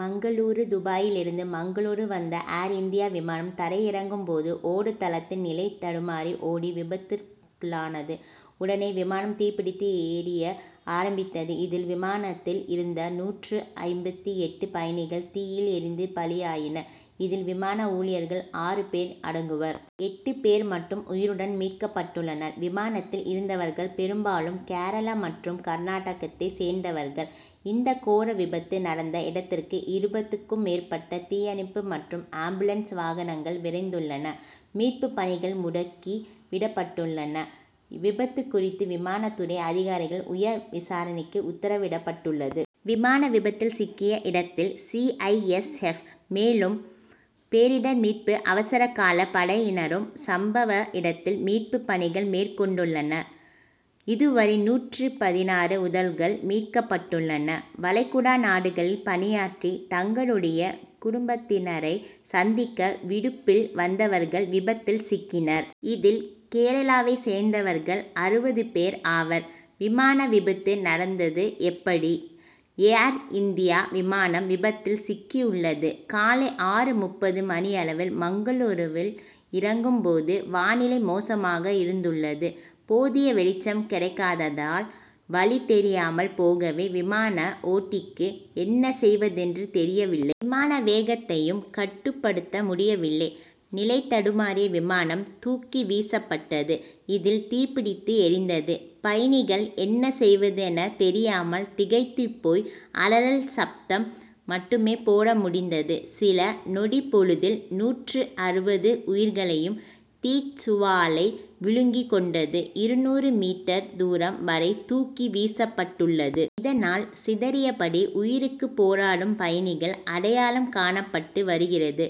மங்களூரூ துபாயிலிருந்து மங்களூரூ வந்த ஏர் இந்தியா விமானம் தரை இறங்கும்போது ஓடுதளத்தில் நிலை தடுமாறி ஓடி விபத்திற்குள்ளானது. உடனே விமானம் தீப்பிடித்து எரிய ஆரம்பித்தது. இதில் விமானத்தில் இருந்த நூற்று ஐம்பத்து எட்டு பயணிகள் தீயில் எரிந்து பலியாயினர். இதில் விமான ஊழியர்கள் ஆறு பேர் அடங்குவர். எட்டு பேர் மட்டும் உயிருடன் மீட்கப்பட்டுள்ளனர். விமானத்தில் இருந்தவர்கள் பெரும்பாலும் கேரளா மற்றும் கர்நாடகத்தைச் சேர்ந்தவர்கள். இந்த கோர விபத்து நடந்த இடத்திற்கு இருபதுக்கும் மேற்பட்ட தீயணைப்பு மற்றும் ஆம்புலன்ஸ் வாகனங்கள் விரைந்துள்ளன. மீட்புப் பணிகள் முடுக்கி விடப்பட்டுள்ளன. விபத்து குறித்து விமான துறை அதிகாரிகள் உயர் விசாரணைக்கு உத்தரவிடப்பட்டுள்ளது. விமானம் விபத்தில் சிக்கிய இடத்தில் சி. ஐ. எஸ். எப். மேலும் பேரிடர் மீட்பு அவசரகால படையினரும் சம்பவ இடத்தில் மீட்பு பணிகள் மேற்கொண்டுள்ளனர். இதுவரை நூற்று பதினாறு உடல்கள் மீட்கப்பட்டுள்ளன. வளைகுடா நாடுகளில் பணியாற்றி தங்களுடைய குடும்பத்தினரை சந்திக்க விடுப்பில் வந்தவர்கள் விபத்தில் சிக்கினர். இதில் கேரளாவை சேர்ந்தவர்கள் அறுபது பேர் ஆவர். விமான விபத்து நடந்தது எப்படி? ஏர் இந்திய விமானம் விபத்தில் சிக்கியுள்ளது. காலை ஆறு முப்பது மணியளவில் மங்களூருவில் இறங்கும்போது வானிலை மோசமாக இருந்துள்ளது. போதிய வெளிச்சம் கிடைக்காதததால் வழி தெரியாமல் போகவே விமான ஓட்டிக்கு என்ன செய்வதென்று தெரியவில்லை. விமான வேகத்தையும் கட்டுப்படுத்த முடியவில்லை. நிலைதடுமாறிய விமானம் தூக்கி வீசப்பட்டது. இதில் தீப்பிடித்து எரிந்தது. பயணிகள் என்ன செய்வது என தெரியாமல் திகைத்து போய் அலறல் சப்தம் மட்டுமே போட முடிந்தது. சில நொடிப்பொழுதில் நூற்று அறுபது உயிர்களையும் தீச்சுவாலை விழுங்கி கொண்டது. இருநூறு மீட்டர் தூரம் வரை தூக்கி வீசப்பட்டுள்ளது. இதனால் சிதறியபடி உயிருக்கு போராடும் பயணிகள் அடையாளம் காணப்பட்டு வருகிறது.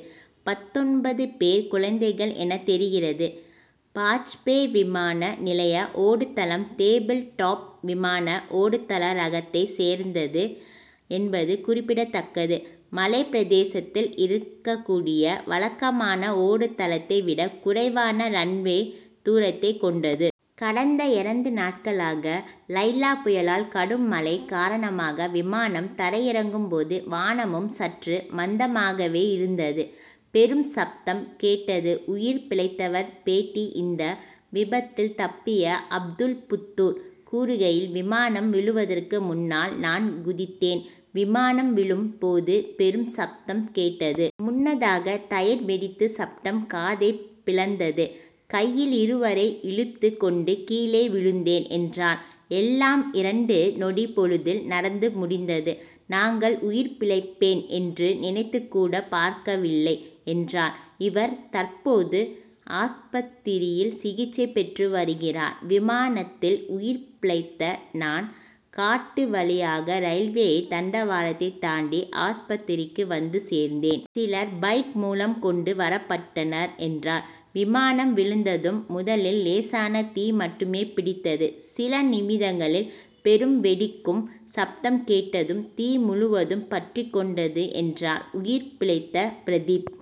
பத்தொன்பது பேர் குழந்தைகள் என தெரிகிறது. பாஜ்பே விமான நிலைய ஓடுதளம் டேபிள் டாப் விமான ஓடுதள ரகத்தைச் சேர்ந்தது என்பது குறிப்பிடத்தக்கது. மலைப்பிரதேசத்தில் இருக்கக்கூடிய வழக்கமான ஓடுதளத்தை விட குறைவான ரன்வே தூரத்தை கொண்டது. கடந்த இரண்டு நாட்களாக லைலா புயலால் கடும் மழை காரணமாக விமானம் தரையிறங்கும் போது வானமும் சற்று மந்தமாகவே இருந்தது. பெரும் சப்தம் கேட்டது உயிர் பிழைத்தவர் பேட்டி இந்த விபத்தில் தப்பிய அப்துல்புத்தூர் கூறுகையில் விமானம் விழுவதற்கு முன்னால் நான் குதித்தேன். விமானம் விழும் போது பெரும் சப்தம் கேட்டது. முன்னதாக டயர் வெடித்து சப்தம் காதை பிளந்தது. கையில் இருவரை இழுத்து கொண்டு கீழே விழுந்தேன் என்றார். எல்லாம் இரண்டு நொடிப்பொழுதில் நடந்து முடிந்தது. நாங்கள் உயிர் பிழைப்பேன் என்று நினைத்துகூட பார்க்கவில்லை என்றார். இவர் தற்போது ஆஸ்பத்திரியில் சிகிச்சை பெற்று வருகிறார். விமானத்தில் உயிர்பிழைத்த நான் காட்டு வழியாக ரயில்வே தண்டவாளத்தை தாண்டி ஆஸ்பத்திரிக்கு வந்து சேர்ந்தேன். சிலர் பைக் மூலம் கொண்டு வரப்பட்டனர் என்றார். விமானம் விழுந்ததும் முதலில் லேசான தீ மட்டுமே பிடித்தது. சில நிமிடங்களில் பெரும் வெடிக்கும் சப்தம் கேட்டதும் தீ முழுவதும் பற்றிக்கொண்டது என்றார் உயிர் பிழைத்த பிரதீப்.